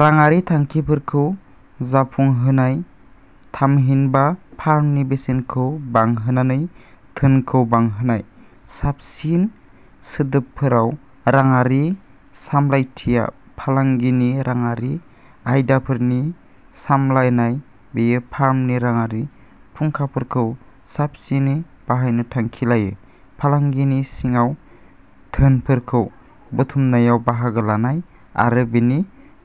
राङारि थांखिफोरखौ जाफुंहोनाय थामहिनबा फार्मनि बेसेनखौ बांहोनानै धोनखौ बांहोनाय। साबसिन सोदोबफोराव राङारि सामलायथिया फालांगिनि रांआरि आयदाफोरनि सामलायनाय। बेयो फार्मनि राङारि फुंखाफोरखौ साबसिनै बाहायनो थांखि लायो। फालांगिनि सिङाव धोनफोरखौ बुथुमनायाव बाहागो लानाय आरो बेनि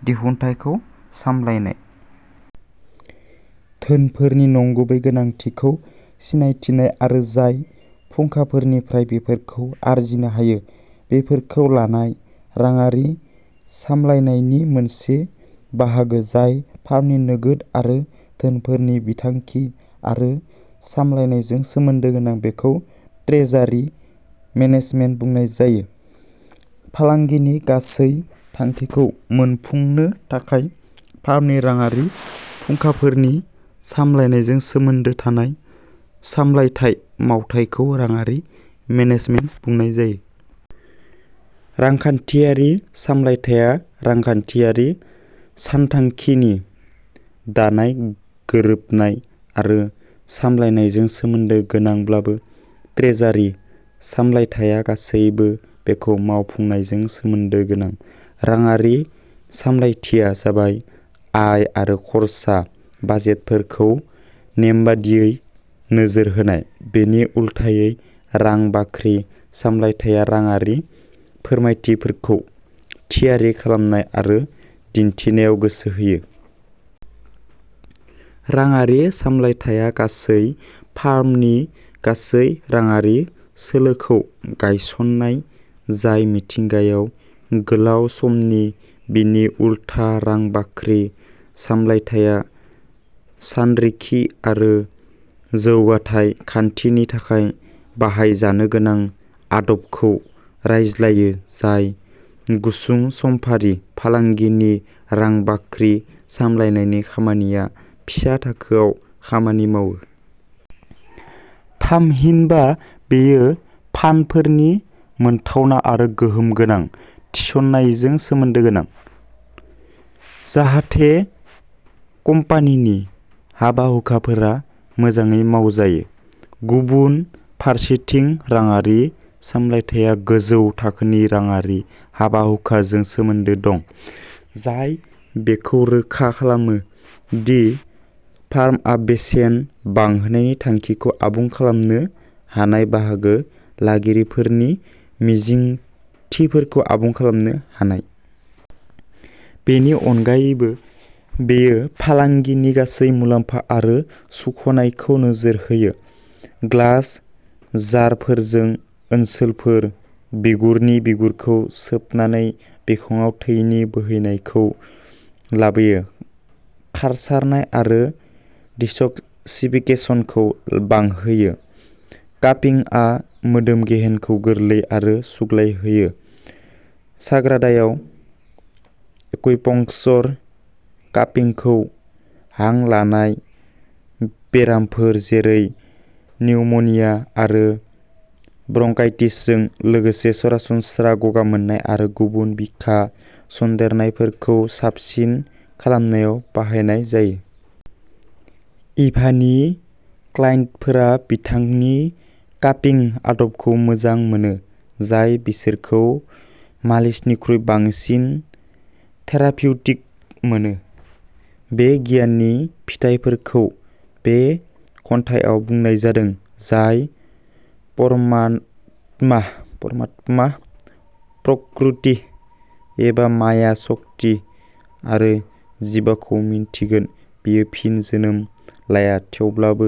दिहुनथायखौ सामलायनाय। धोनफोरनि नंगुबै गोनांथिखौ सिनायथिनाय आरो जाय फुंखाफोरनिफ्राय बेफोरखौ आरजिनो हायो। बेफोरखौ लानाय। राङारि सामलायनायनि मोनसे बाहागो। जाय फार्मनि नोगोद आरो धोनफोरनि बिथांखि आरो सामलायनायजों सोमोन्दो गोनां बेखौ ट्रेजारि मेनेजमेन्ट बुंनाय जायो। फालांगिनि गासै थांखिखौ मोनफुंनो थाखाय फार्मनि राङारि फुंखाफोरनि सामलायनायजों सोमोन्दो थानाय सामलायथाय मावथायखौ राङारि मेनेजमेन्ट बुंनाय जायो। रांखान्थियारि सामलायथाया रांखान्थियारि सानथांखिनि दानाय गोरोबनाय आरो सामलायनायजों सोमोन्दो गोनांब्लाबो ट्रेजारि सामलायथाया गासैबो बेखौ मावफुंनायजों सोमोन्दो गोनां। राङारि सामलायथिया जाबाय आय आरो खर्सा बाजेटफोरखौ नेमबादियै नोजोर होनाय। बेनि उल्थायै रां बाख्रि सामलायथाया राङारि फोरमायथिफोरखौ थियारि खालामनाय आरो दिन्थिनायाव गोसो होयो। राङारि सामलायथाया गासै फार्मनि गासै राङारि सोलोखौ गायसननाय जाय मिथिंगायाव गोलाव समनि। बिनि उलथा रां बाख्रि सामलायथाया सानरिखि आरो जौगाथाय खान्थिनि थाखाय बाहायजानो गोनां आदबखौ रायज्लायो जाय गुसुं समफारि। फालांगिनि रां बाख्रि सामलायनायनि खामानिया फिसा थाखोआव खामानि मावो। थामहिनबा बेयो फान्डफोरनि मोनथावना आरो गोहोम गोनां थिसननायजों सोमोन्दो गोनां। जाहाथे कम्पानिनि हाबा-हुखाफोरा मोजाङै मावजायो। गुबुन फारसेथिं राङारि सामलायथाया गोजौ थाखोनि राङारि हाबा-हुखाजों सोमोन्दो दं। जाय बेखौ रोखा खालामो दि फार्मआ बेसेन बांहोनायनि थांखिखौ आबुं खालामनो हानाय बाहागो लागिरिफोरनि मिजिंथिफोरखौ आबुं खालामनो हानाय। बेनि अनगायैबो बेयो फालांगिनि गासै मुलाम्फा आरो सुख'नायखौ नोजोर होयो। ग्लास जारफोरजों ओनसोलफोर। बिगुरनि बिगुरखौ सोबनानै बिखंआव थैनि बोहैनायखौ लाबोयो खारसारनाय आरो दिसकसिफिकेसनखौ बांहोयो। कापिंआ मोदोम गेहेनखौ गोरलै आरो सुग्लायहोयो। साग्रादायाव एक्युपंक्चर कापिंखौ हां लानाय बेरामफोर जेरै निउम'निया आरो ब्रंकाइटिसजों लोगोसे सरासनस्रा गगा मोननाय आरो गुबुन बिखा सन्देरनायफोरखौ साबसिन खालामनायाव बाहायनाय जायो। इभानि क्लाइन्टफोरा बिथांनि कापिं आदबखौ मोजां मोनो। जाय बिसोरखौ मालिसनिख्रुइ बांसिन थेरापिउटिक मोनो। बे गियाननि फिथाइफोरखौ बे खन्थाइआव बुंनाय जादों। जाय परमात परमात्मा प्रकृति एबा माया शक्ति आरो जिबाखौ मिन्थिगोन। बियो फिन जोनोम लाया थेवब्लाबो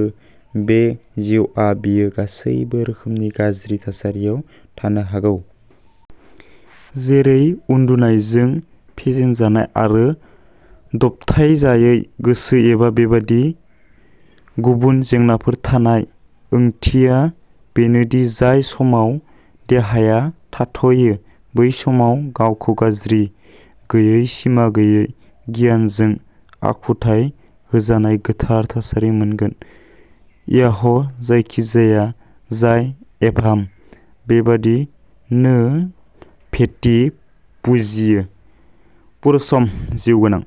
बे जिउआव बियो गासैबो रोखोमनि गाज्रि थासारियाव थानो हागौ। जेरै उन्दुनायजों फेजेनजानाय आरो दबथायजायै गोसो एबा बेबादि गुबुन जेंनाफोर थानाय। ओंथिया बेनो दि जाय समाव देहाया थाथ'यो। बै समाव गावखौ गाज्रि गैयै सिमा गैयै गियानजों आखुथाइ होजानाय गोथार थासारि मोनगोन। याह जायखिजाया जाय एभाम बेबादिनो भेटि बुजियो पुरुसम जिउगोनां